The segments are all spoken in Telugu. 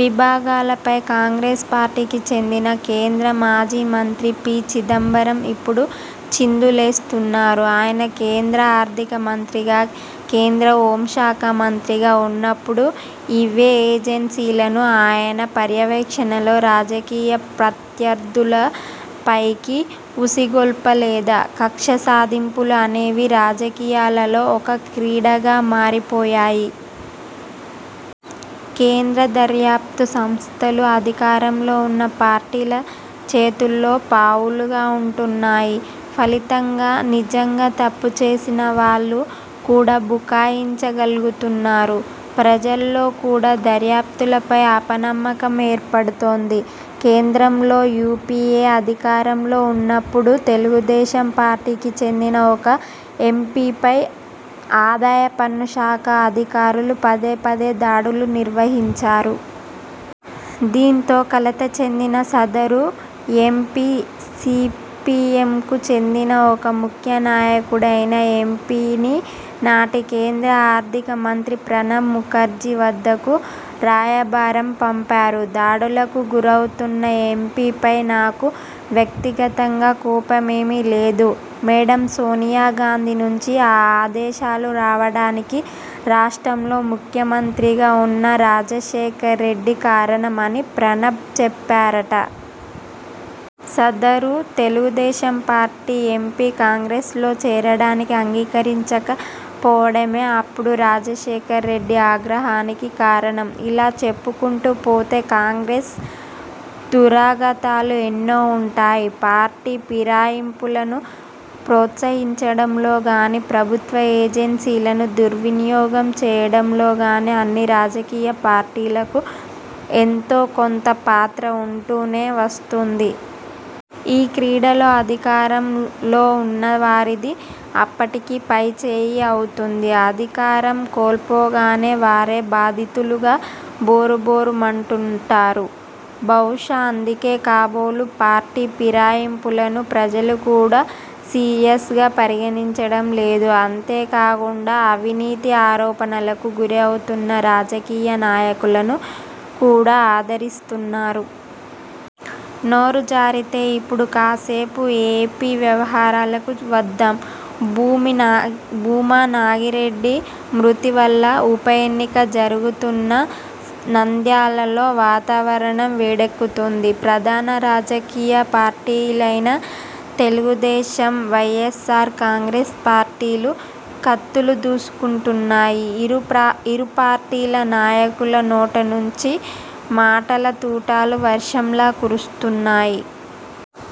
విభాగాలపై కాంగ్రెస్ పార్టీకి చెందిన కేంద్ర మాజీ మంత్రి పి. చిదంబరం ఇప్పుడు చిందు లేస్తున్నారు. ఆయన కేంద్ర ఆర్థిక మంత్రిగా, కేంద్ర హోం శాఖ మంత్రిగా ఉన్నప్పుడు ఇవే ఏజెన్సీలను ఆయన పర్యవేక్షణలో రాజకీయ ప్రత్యర్థులపైకి ఉసి గొల్పలేదా? కక్ష సాధింపులు అనేవి రాజకీయాలలో ఒక క్రీడగా మారి పోయాయి. కేంద్ర దర్యాప్తు సంస్థలు అధికారంలో ఉన్న పార్టీల చేతుల్లో పావులుగా ఉంటున్నాయి. ఫలితంగా నిజంగా తప్పుచేసిన వాళ్లు కూడా బుకాయించ గలుగుతున్నారు. ప్రజలలో కూడా దర్యాప్తులపై అప నమ్మకం ఏర్పడుతోంది. కేంద్రంలో యూపీఏ అధికారంలో ఉన్నప్పుడు తెలుగుదేశం పార్టీకి చెందిన ఒక ఎంపీ పై ఆదాయ పన్ను శాఖ అధికారులు పదే పదే దాడులు నిర్వహించారు. దీంతో కలత చెందిన సదరు ఎంపీ సీపీఎంకు చెందిన ఒక ముఖ్య నాయకుడైన ఎంపీని నాటి కేంద్ర ఆర్థిక మంత్రి ప్రణబ్ ముఖర్జీ వద్దకు రాయబారం పంపారు. ''దాడులకు గురవుతున్న ఎంపీ పై నాకు వ్యక్తి గతంగా కోపం ఏమీలేదు. మేడం సోనియా గాంధీ నుంచి ఆ ఆదేశాలు రావడానికి రాష్ట్రంలో ముఖ్యమంత్రిగా ఉన్న రాజశేఖర్రెడ్డి కారణం'' అని ప్రణబ్ చెప్పారట. సదరు తెలుగు దేశం పార్టీ ఎంపీ కాంగ్రెస్లో చేరడానికి అంగీకరించక పోవడమే అప్పుడు రాజశేఖర్రెడ్డి ఆగ్రహానికి కారణం! ఇలా చెప్పుకొంటూ పోతే కాంగ్రెస్ దురాగతాలు ఎన్నో ఉంటాయి. పార్టీ ఫిరాయింపులను ప్రోత్సహించడంలో గానీ, ప్రభుత్వ ఏజెన్సీలను దుర్వినియోగం చేయడంలో గానీ అన్ని రాజకీయ పార్టీలకు ఎంతో కొంత పాత్ర ఉంటూనే వస్తోంది. ఈ క్రీడలో అధికారం లో ఉన్నవారిది అప్పటికి పైచేయి అవుతుంది. అధికారం కోల్పోగానే వారే బాధితులుగా బోరుబోరు మంటుంటారు. బహుశా అందుకే కాబోలు పార్టీ ఫిరాయింపులను ప్రజలు కూడా సీరియస్గా పరిగణించడం లేదు. అంతే కాకుండా అవినీతి ఆరోపణలకు గురవుతున్న రాజకీయ నాయకులను కూడా ఆదరిస్తున్నారు. నోరు జారితే, ఇప్పుడు కాసేపు ఏపీ వ్యవహారాలకు వద్దాం.భూమి భూమా నాగిరెడ్డి మృతి వల్ల ఉప ఎన్నిక జరుగుతున్న నంద్యాలలో వాతావరణం వేడెక్కుతోంది. ప్రధాన రాజకీయ పార్టీలైన తెలుగు దేశం, వైఎస్ఆర్ కాంగ్రెస్ పార్టీలు కత్తులు దూసుకుంటున్నాయి. ఇరు పార్టీల నాయకుల నోట నుంచి మాటల తూటాలు వర్షంలా కురుస్తున్నాయి.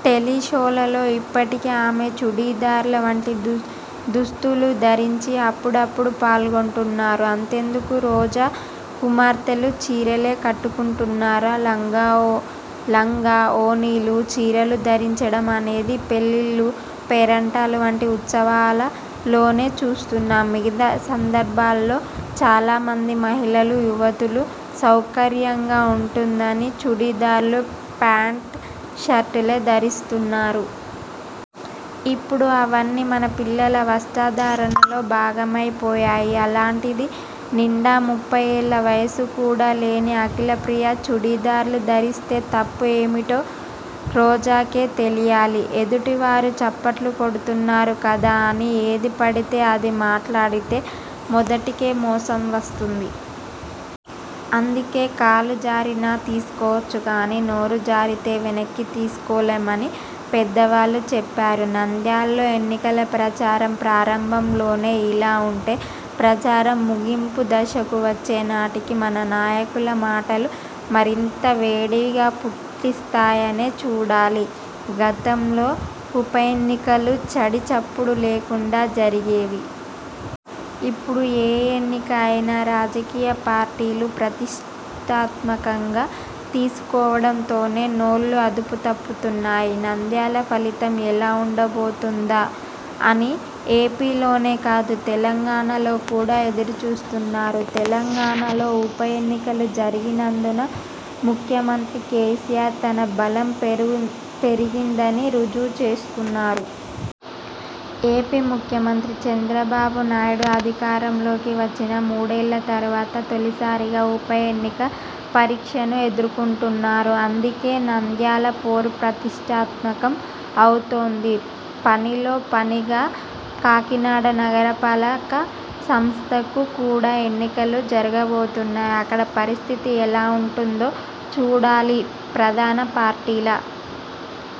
టెలీషోలలో ఇప్పటికీ ఆమె చుడీ దార్ల వంటి దుస్ దుస్తులు ధరించి అప్పుడప్పుడు పాల్గొంటున్నారు. అంతెందుకు రోజా కుమార్తెలు చీరలే కట్టుకుంటున్నారా? లంగా ఓ లంగా ఓణీలు, చీరలు ధరించడం అనేది పెళ్లిళ్లు, పేరంటాలు వంటి ఉత్సవాల లోనే చూస్తున్నాం. మిగతా సందర్భాలలో చాలా మంది మహిళలు, యువతులు సౌకర్యంగా ఉంటుందని చుడీ దార్లు, ప్యాంట్, షర్టులే ధరిస్తున్నారు. ఇప్పుడు అవన్నీ మన పిల్లల వస్త్ర ధారణలో భాగమై పోయాయి. అలాంటిది, నిండా ముప్పై ఏళ్ల వయసు కూడా లేని అఖిల ప్రియ చుడీ దార్లు ధరిస్తే తప్పు ఏమిటో రోజాకే తెలియాలి. ఎదుటి వారు చప్పట్లు కొడుతున్నారు కదా అని ఏది పడితే అది మాట్లాడితే మొదటికే మోసం వస్తుంది. అందుకే కాలు జారినా తీసుకోవచ్చు గానీ, నోరు జారితే వెనక్కి తీసుకోలేమని పెద్దవాళ్లు చెప్పారు. నంద్యాలలో ఎన్నికల ప్రచారం ప్రారంభం లోనే ఇలా ఉంటే ప్రచారం ముగింపు దశకు వచ్చే నాటికి మన నాయకుల మాటలు మరెంత వేడి పుట్టిస్తాయనే చూడాలి. గతంలో ఉప ఎన్నికలు చడీ చప్పుడు లేకుండా జరిగేవి. ఇప్పుడు ఏ ఎన్నిక అయినా రాజకీయ పార్టీలు ప్రతిష్ఠాత్మకంగా తీసుకోవడం తోనే నోళ్లు అదుపు తప్పుతున్నాయి. నంద్యాల ఫలితం ఎలా ఉండ బోతుందా? అని ఏపీలోనే కాదు, తెలంగాణలో కూడా ఎదురు చూస్తున్నారు. తెలంగాణలో ఉప ఎన్నికలు జరిగినందున ముఖ్యమంత్రి కేసీఆర్ తన బలం పేరుగి పెరిగిందని రుజువు చేసుకున్నారు. ఏపీ ముఖ్యమంత్రి చంద్రబాబు నాయుడు అధికారం లోకి వచ్చిన మూడేళ్ల తర్వాత తొలిసారిగా ఉప ఎన్నిక పరీక్షను ఎదుర్కొంటున్నారు. అందుకే నంద్యాల పోరు ప్రతిష్ఠాత్మకం అవుతోంది. పనిలో పనిగా కాకినాడ నగర పాలక సంస్థకు కూడా ఎన్నికలు జరగబోతున్నాయి. అక్కడ పరిస్థితి ఎలా ఉంటుందో చూడాలి. ప్రధాన పార్టీల